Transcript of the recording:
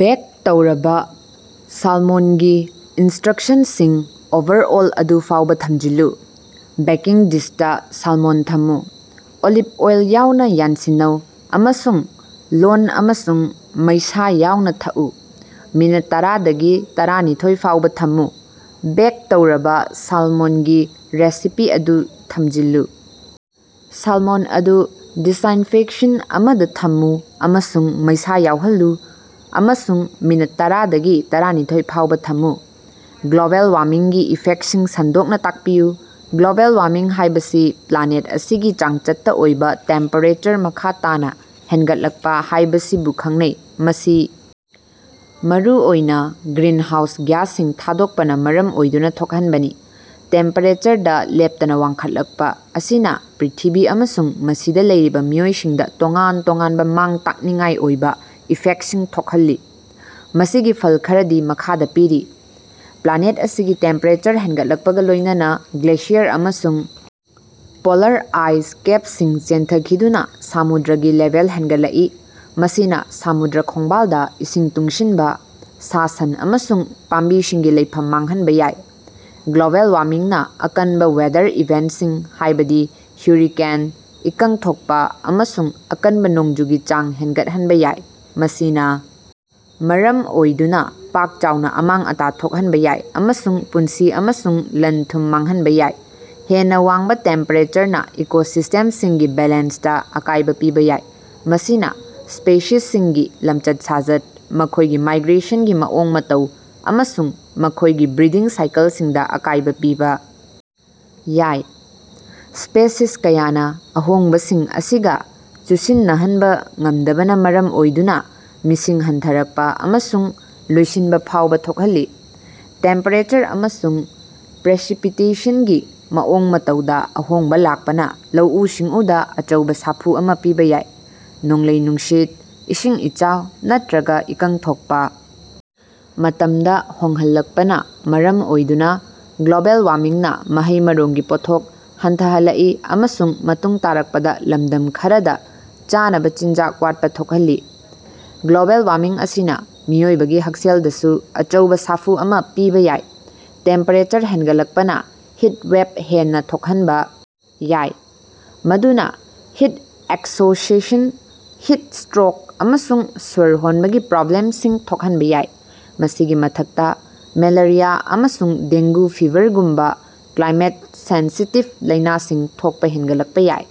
Bag ꯇꯧꯔꯕꯥ ꯁꯥꯜꯃꯣꯟꯒꯤ ꯏꯟꯁꯇ꯭ꯔꯛꯁꯟꯁꯤꯡ ꯑꯣꯚꯔꯑꯣꯜ ꯑꯗꯨ ꯐꯥꯎꯕꯥ ꯊꯝꯖꯤꯜꯂꯨ꯫ ꯕꯦꯀꯤꯡ ꯗꯤꯁꯇꯥ ꯁꯥꯜꯃꯣꯟ ꯊꯝꯃꯨ꯫ ꯑꯣꯂꯤꯞ ꯑꯣꯏꯜ ꯌꯥꯎꯅꯥ ꯌꯥꯟꯁꯤꯟꯅꯧ ꯑꯃꯁꯨꯡ ꯂꯣꯟ ꯑꯃꯁꯨꯡ ꯃꯩꯁꯥ ꯌꯥꯎꯅꯥ ꯊꯛꯎ꯫ ꯃꯤꯅꯠ ꯇꯔꯥꯗꯒꯤ ꯇꯔꯥꯅꯤꯊꯣꯏ ꯐꯥꯎꯕꯥ ꯊꯝꯃꯨ꯫ ꯕꯦꯛ ꯇꯧꯔꯕꯥ ꯁꯥꯜꯃꯣꯟꯒꯤ ꯔꯦꯁꯤꯄꯤ ꯑꯗꯨ ꯊꯝꯖꯤꯜꯂꯨ, ꯁꯥꯜꯃꯣꯟ ꯑꯗꯨ ꯗꯤꯁꯏꯟꯐꯦꯛꯁꯟ ꯑꯃꯗꯥ ꯊꯝꯃꯨ ꯑꯃꯁꯨꯡ ꯃꯩꯁꯥ ꯌꯥꯎꯍꯜꯂꯨ ꯑꯃꯁꯨꯡ ꯃꯤꯅꯠ ꯇꯔꯥꯗꯒꯤ ꯇꯔꯥꯅꯤꯊꯣꯏ ꯐꯥꯎꯕꯥ ꯊꯝꯃꯨ꯫ ꯒ꯭ꯂꯣꯕꯦꯜ ꯋꯥꯔꯃꯤꯡꯒꯤ ꯏꯐꯦꯛꯁꯤꯡ ꯁꯟꯗꯣꯛꯅꯥ ꯇꯥꯛꯄꯤꯌꯨ꯫ ꯒ꯭ꯂꯣꯕꯦꯜ ꯋꯥꯔꯃꯤꯡ ꯍꯥꯏꯕꯁꯤ ꯄ꯭ꯂꯥꯅꯦꯠ ꯑꯁꯤꯒꯤ ꯆꯥꯡꯆꯠꯇꯥ ꯑꯣꯏꯕꯥ ꯇꯦꯝꯄꯦꯔꯦꯆꯔ ꯃꯈꯥ ꯇꯥꯅꯥ ꯍꯦꯟꯒꯠꯂꯛꯄꯥ ꯍꯥꯏꯕꯁꯤꯕꯨ ꯈꯪꯅꯩ, ꯃꯁꯤ ꯃꯔꯨꯑꯣꯏꯅꯥ ꯒ꯭ꯔꯤꯟꯍꯥꯎꯁ ꯒ꯭ꯌꯥꯁꯁꯤꯡ ꯊꯥꯗꯣꯛꯄꯅꯥ ꯃꯔꯝ ꯑꯣꯏꯗꯨꯅꯥ ꯊꯣꯛꯍꯟꯕꯅꯤ꯫ ꯇꯦꯝꯄꯦꯔꯦꯆꯔꯗꯥ ꯂꯦꯞꯇꯅꯥ ꯋꯥꯡꯈꯠꯂꯛꯄꯥ ꯑꯁꯤꯅꯥ ꯄ꯭ꯔꯤꯊꯤꯕꯤ ꯑꯃꯁꯨꯡ ꯃꯁꯤꯗꯥ ꯂꯩꯔꯤꯕꯥ ꯃꯤꯑꯣꯏꯁꯤꯡꯗꯥ ꯇꯣꯉꯥꯟ-ꯇꯣꯉꯥꯟꯕꯥ ꯃꯥꯡ-ꯇꯥꯛꯅꯤꯡꯉꯥꯏ ꯑꯣꯏꯕꯥ ꯏꯐꯦꯛꯁꯤꯡ ꯊꯣꯛꯍꯜꯂꯤ꯫ ꯃꯁꯤꯒꯤ ꯐꯜ ꯈꯔꯗꯤ ꯃꯈꯥꯗꯥ ꯄꯤꯔꯤ꯫ ꯄ꯭ꯂꯥꯅꯦꯠ ꯑꯁꯤꯒꯤ ꯇꯦꯝꯄꯦꯔꯦꯆꯔ ꯍꯦꯟꯒꯠꯂꯛꯄꯒꯥ ꯂꯣꯏꯅꯅꯥ ꯒ꯭ꯂꯦꯁꯤꯌꯔ ꯑꯃꯁꯨꯡ ꯄꯣꯂꯥꯔ ꯑꯥꯏꯁ ꯀꯦꯞꯁꯤꯡ ꯆꯦꯟꯊꯈꯤꯗꯨꯅꯥ ꯁꯃꯨꯗ꯭ꯔꯒꯤ ꯂꯦꯚꯦꯜ ꯍꯦꯟꯒꯠꯂꯛꯏ꯫ ꯃꯁꯤꯅꯥ ꯁꯃꯨꯗ꯭ꯔ ꯈꯣꯡꯕꯥꯜꯗꯥ ꯏꯁꯤꯡ ꯇꯨꯡꯁꯤꯟꯕꯥ, ꯁꯥ-ꯁꯟ ꯑꯃꯁꯨꯡ ꯄꯥꯝꯕꯤꯁꯤꯡꯒꯤ ꯂꯩꯐꯝ ꯃꯥꯡꯍꯟꯕꯥ ꯌꯥꯏ꯫ ꯒ꯭ꯂꯣꯕꯦꯜ ꯋꯥꯔꯃꯤꯡꯅꯥ ꯑꯀꯟꯕꯥ ꯋꯦꯗꯔ ꯏꯚꯦꯟꯁꯤꯡ, ꯍꯥꯏꯕꯗꯤ ꯍꯨꯔꯤꯀꯦꯟ, ꯏꯀꯪ ꯊꯣꯛꯄꯥ ꯑꯃꯁꯨꯡ ꯑꯀꯟꯕꯥ ꯅꯣꯡꯖꯨꯒꯤ ꯆꯥꯡ ꯍꯦꯟꯒꯠꯍꯟꯕꯥ ꯌꯥꯏ꯫ ꯃꯁꯤꯅꯥ ꯃꯔꯝ ꯑꯣꯏꯗꯨꯅꯥ ꯄꯥꯛ ꯆꯥꯎꯅꯥ ꯑꯃꯥꯡ-ꯑꯇꯥ ꯊꯣꯛꯍꯟꯕꯥ ꯌꯥꯏ ꯑꯃꯁꯨꯡ ꯄꯨꯟꯁꯤ ꯑꯃꯁꯨꯡ ꯂꯟ-ꯊꯨꯝ ꯃꯥꯡꯍꯟꯕꯥ ꯌꯥꯏ꯫ ꯍꯦꯟꯅꯥ ꯋꯥꯡꯕꯥ ꯇꯦꯝꯄꯦꯔꯦꯆꯔꯅꯥ ꯏꯀꯣꯁꯤꯁꯇꯦꯝꯁꯤꯡꯒꯤ ꯕꯦꯂꯦꯟꯁꯇꯥ ꯑꯀꯥꯏꯕꯥ ꯄꯤꯕꯥ ꯌꯥꯏ, ꯃꯁꯤꯅꯥ ꯁ꯭ꯄꯦꯁꯤꯁꯁꯤꯡꯒꯤ ꯂꯝꯆꯠ-ꯁꯥꯖꯠ, ꯃꯈꯣꯏꯒꯤ ꯃꯥꯏꯒ꯭ꯔꯦꯁꯟꯒꯤ ꯃꯑꯣꯡ-ꯃꯇꯧ ꯑꯃꯁꯨꯡ ꯃꯈꯣꯏꯒꯤ ꯕ꯭ꯔꯤꯗꯤꯡ ꯁꯥꯏꯀꯜꯁꯤꯡꯗꯥ ꯑꯀꯥꯏꯕꯥ ꯄꯤꯕꯥ ꯌꯥꯏ꯫ ꯁ꯭ꯄꯦꯁꯤꯁ ꯀꯌꯥꯅꯥ ꯑꯍꯣꯡꯕꯁꯤꯡ ꯑꯁꯤꯒꯥ ꯆꯨꯁꯤꯟꯅꯍꯟꯕꯥ ꯉꯝꯗꯕꯅꯥ ꯃꯔꯝ ꯑꯣꯏꯗꯨꯅꯥ ꯃꯤꯁꯤꯡ ꯍꯟꯊꯔꯛꯄꯥ ꯑꯃꯁꯨꯡ ꯂꯣꯏꯁꯤꯟꯕꯥ ꯐꯥꯎꯕꯥ ꯊꯣꯛꯍꯜꯂꯤ꯫ꯇꯦꯝꯄꯦꯔꯦꯆꯔ ꯑꯃꯁꯨꯡ ꯄ꯭ꯔꯦꯁꯤꯄꯤꯇꯦꯁꯟꯒꯤ ꯃꯑꯣꯡ ꯃꯇꯧꯗꯥ ꯑꯍꯣꯡꯕꯥ ꯂꯥꯛꯄꯅꯥ ꯂꯧꯎ-ꯁꯤꯡꯎꯗꯥ ꯑꯆꯧꯕꯥ ꯁꯥꯐꯨ ꯑꯃꯥ ꯄꯤꯕꯥ ꯌꯥꯏ꯫ ꯅꯣꯡꯂꯩ-ꯅꯨꯡꯁꯤꯠ, ꯏꯁꯤꯡ ꯏꯆꯥꯎ ꯅꯠꯇ꯭ꯔꯒꯥ ꯏꯀꯪ ꯊꯣꯛꯄꯥ ꯃꯇꯝꯗꯥ ꯍꯣꯡꯍꯟꯂꯛꯄꯅꯥ ꯃꯔꯝ ꯑꯣꯏꯗꯨꯅꯥ ꯒ꯭ꯂꯣꯕꯦꯜ ꯋꯥꯔꯃꯤꯡꯅꯥ ꯃꯍꯩ-ꯃꯔꯣꯡꯒꯤ ꯄꯣꯠꯊꯣꯛ ꯍꯟꯊꯍꯟꯂꯛꯏ ꯑꯃꯁꯨꯡ ꯃꯇꯨꯡ ꯇꯥꯔꯛꯄꯗꯥ ꯂꯝꯗꯝ ꯈꯔꯗꯥ ꯆꯥꯅꯕꯥ ꯆꯤꯟꯖꯥꯛ ꯋꯥꯠꯄꯥ ꯊꯣꯛꯍꯜꯂꯤ꯫ ꯒ꯭ꯂꯣꯕꯦꯜ ꯋꯥꯔꯃꯤꯡ ꯑꯁꯤꯅꯥ ꯃꯤꯑꯣꯏꯕꯒꯤ ꯍꯛꯁꯦꯜꯗꯁꯨ ꯑꯆꯧꯕꯥ ꯁꯥꯐꯨ ꯑꯃꯥ ꯄꯤꯕꯥ ꯌꯥꯏ꯫ ꯇꯦꯝꯄꯦꯔꯦꯆꯔ ꯍꯦꯟꯒꯠꯂꯛꯄꯅꯥ ꯍꯤꯠꯋꯦꯞ ꯍꯦꯟꯅꯥ ꯊꯣꯛꯍꯟꯕꯥ ꯌꯥꯏ, ꯃꯗꯨꯅꯥ ꯍꯤꯠ ꯑꯦꯛꯁꯣꯁꯦꯁꯟ, ꯍꯤꯠ ꯁ꯭ꯇꯔꯣꯛ ꯑꯃꯁꯨꯡ ꯁ꯭ꯋꯔ ꯍꯣꯟꯕꯒꯤ ꯄ꯭ꯔꯣꯕ꯭ꯂꯦꯝꯁꯤꯡ ꯊꯣꯛꯍꯟꯕꯥ ꯌꯥꯏ꯫ ꯃꯁꯤꯒꯤ ꯃꯊꯛꯇꯥ, ꯃꯦꯂꯦꯔꯤꯌꯥ ꯑꯃꯁꯨꯡ ꯗꯦꯡꯒꯨ ꯐꯤꯕꯔꯒꯨꯝꯕꯥ ꯀ꯭ꯂꯥꯏꯃꯦꯠ-ꯁꯦꯟꯁꯤꯇꯤꯞ ꯂꯥꯏꯅꯥꯁꯤꯡ ꯊꯣꯛꯄꯥ ꯍꯦꯟꯒꯠꯂꯛꯄꯥ ꯌꯥꯏ꯫